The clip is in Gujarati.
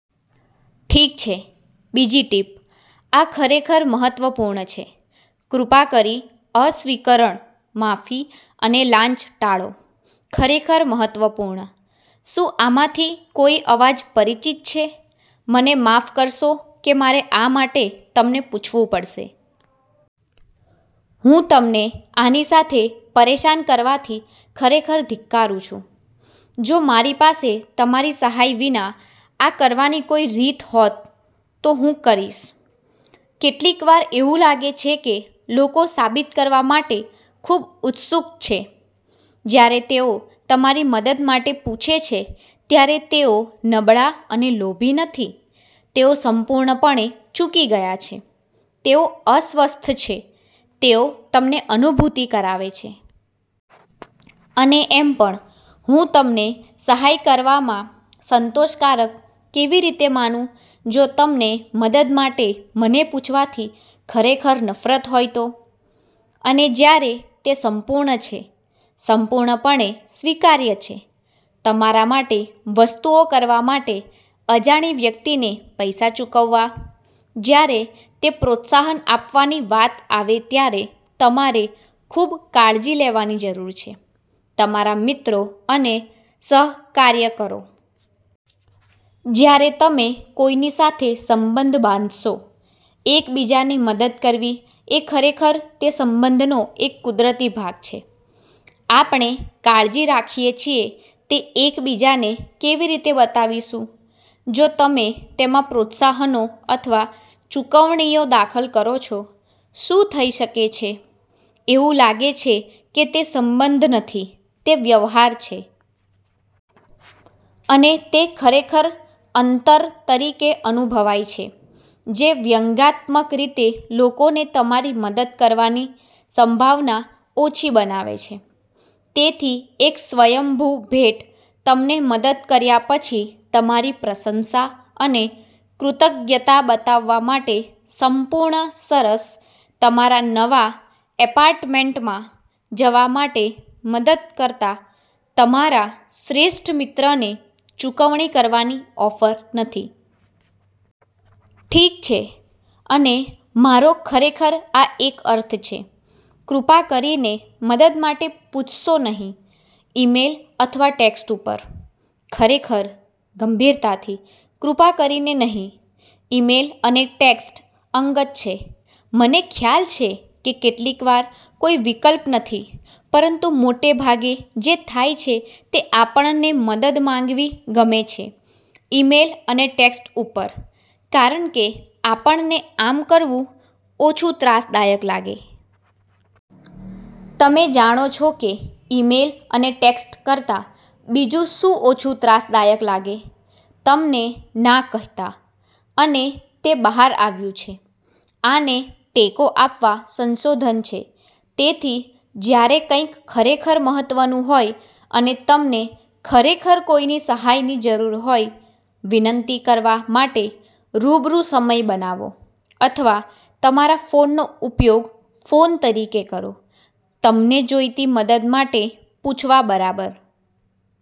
ઠીક છે. બીજી ટીપ. આ ખરેખર મહત્વપૂર્ણ છે. કૃપા કરી અસ્વીકરણ, માફી અને લાંચ ટાળો. ખરેખર મહત્વપૂર્ણ. શું આમાંથી કોઈ અવાજ પરિચિત છે? મને માફ કરશો કે મારે આ માટે તમને પૂછવું પડશે. હું તમને આની સાથે પરેશાન કરવાથી ખરેખર ધિક્કારું છું. જો મારી પાસે તમારી સહાય વિના આ કરવાની કોઈ રીત હોત, તો હું કરીશ. કેટલીકવાર એવું લાગે છે કે લોકો સાબિત કરવા માટે ખૂબ ઉત્સુક છે જ્યારે તેઓ તમારી મદદ માટે પૂછે છે ત્યારે તેઓ નબળા અને લોભી નથી, તેઓ સંપૂર્ણપણે ચુકી ગયા છે, તેઓ અસ્વસ્થ છે તેઓ તમને અનુભૂતિ કરાવે છે. અને એમ પણ હું તમને સહાય કરવામાં સંતોષકારક કેવી રીતે માનું જો તમને મદદ માટે મને પૂછવાથી ખરેખર નફરત હોય તો? અને જ્યારે તે સંપૂર્ણ છે, સંપૂર્ણપણે સ્વીકાર્ય છે તમારા માટે વસ્તુઓ કરવા માટે અજાણી વ્યક્તિને પૈસા ચૂકવવા, જ્યારે તે પ્રોત્સાહન આપવાની વાત આવે ત્યારે તમારે ખૂબ કાળજી લેવાની જરૂર છે તમારા મિત્રો અને સહકાર્યકરો. જ્યારે તમે કોઈની સાથે સંબંધ બાંધશો, એક બીજાને મદદ કરવી એ ખરેખર તે સંબંધનો એક કુદરતી ભાગ છે. આપણે કાળજી રાખીએ છીએ તે એક બીજાને કેવી રીતે બતાવીશું. જો તમે તેમાં પ્રોત્સાહનો અથવા ચુકવણીઓ દાખલ કરો છો, શું થઈ શકે છે, એવું લાગે છે કે તે સંબંધ નથી, તે વ્યવહાર છે. અને તે ખરેખર અંતર તરીકે અનુભવાય છે જે વ્યંગાત્મક રીતે લોકોને તમારી મદદ કરવાની સંભાવના ઓછી બનાવે છે. તેથી એક સ્વયંભૂ ભેટ તમને મદદ કર્યા પછી તમારી પ્રશંસા અને કૃતજ્ઞતા બતાવવા માટે સંપૂર્ણ સરસ તમારા નવા એપાર્ટમેન્ટમાં જવા માટે મદદ કરતા તમારા શ્રેષ્ઠ મિત્રને ચૂકવણી કરવાની ઓફર નથી. ઠીક છે. અને મારો ખરેખર આ એક અર્થ છે, કૃપા કરીને મદદ માટે પૂછશો નહીં ઇમેઇલ અથવા ટેક્સ્ટ ઉપર. ખરેખર, ગંભીરતાથી, કૃપા કરીને નહીં. ઇમેઇલ અને ટેક્સ્ટ અંગત છે. મને ખ્યાલ છે કે કેટલીક વાર કોઈ વિકલ્પ નથી પરંતુ મોટે ભાગે જે થાય છે તે આપણને મદદ માંગવી ગમે છે ઇમેઇલ અને ટેક્સ્ટ ઉપર કારણકે આપણને આમ કરવું ઓછું ત્રાસદાયક લાગે. તમે જાણો છો કે ઇમેઇલ અને ટેક્સ્ટ કરતા બીજું શું ઓછું ત્રાસદાયક લાગે? તમને ના કહેતા. અને તે બહાર આવ્યું છે. આને ટેકો આપવા સંશોધન છે. તેથી જ્યારે કંઈક ખરેખર મહત્વનું હોય અને તમને ખરેખર કોઈની સહાયની જરૂર હોય, વિનંતી કરવા માટે રૂબરૂ સમય બનાવો અથવા તમારા ફોનનો ઉપયોગ ફોન તરીકે કરો તમને જોઈતી મદદ માટે પૂછવા બરાબર.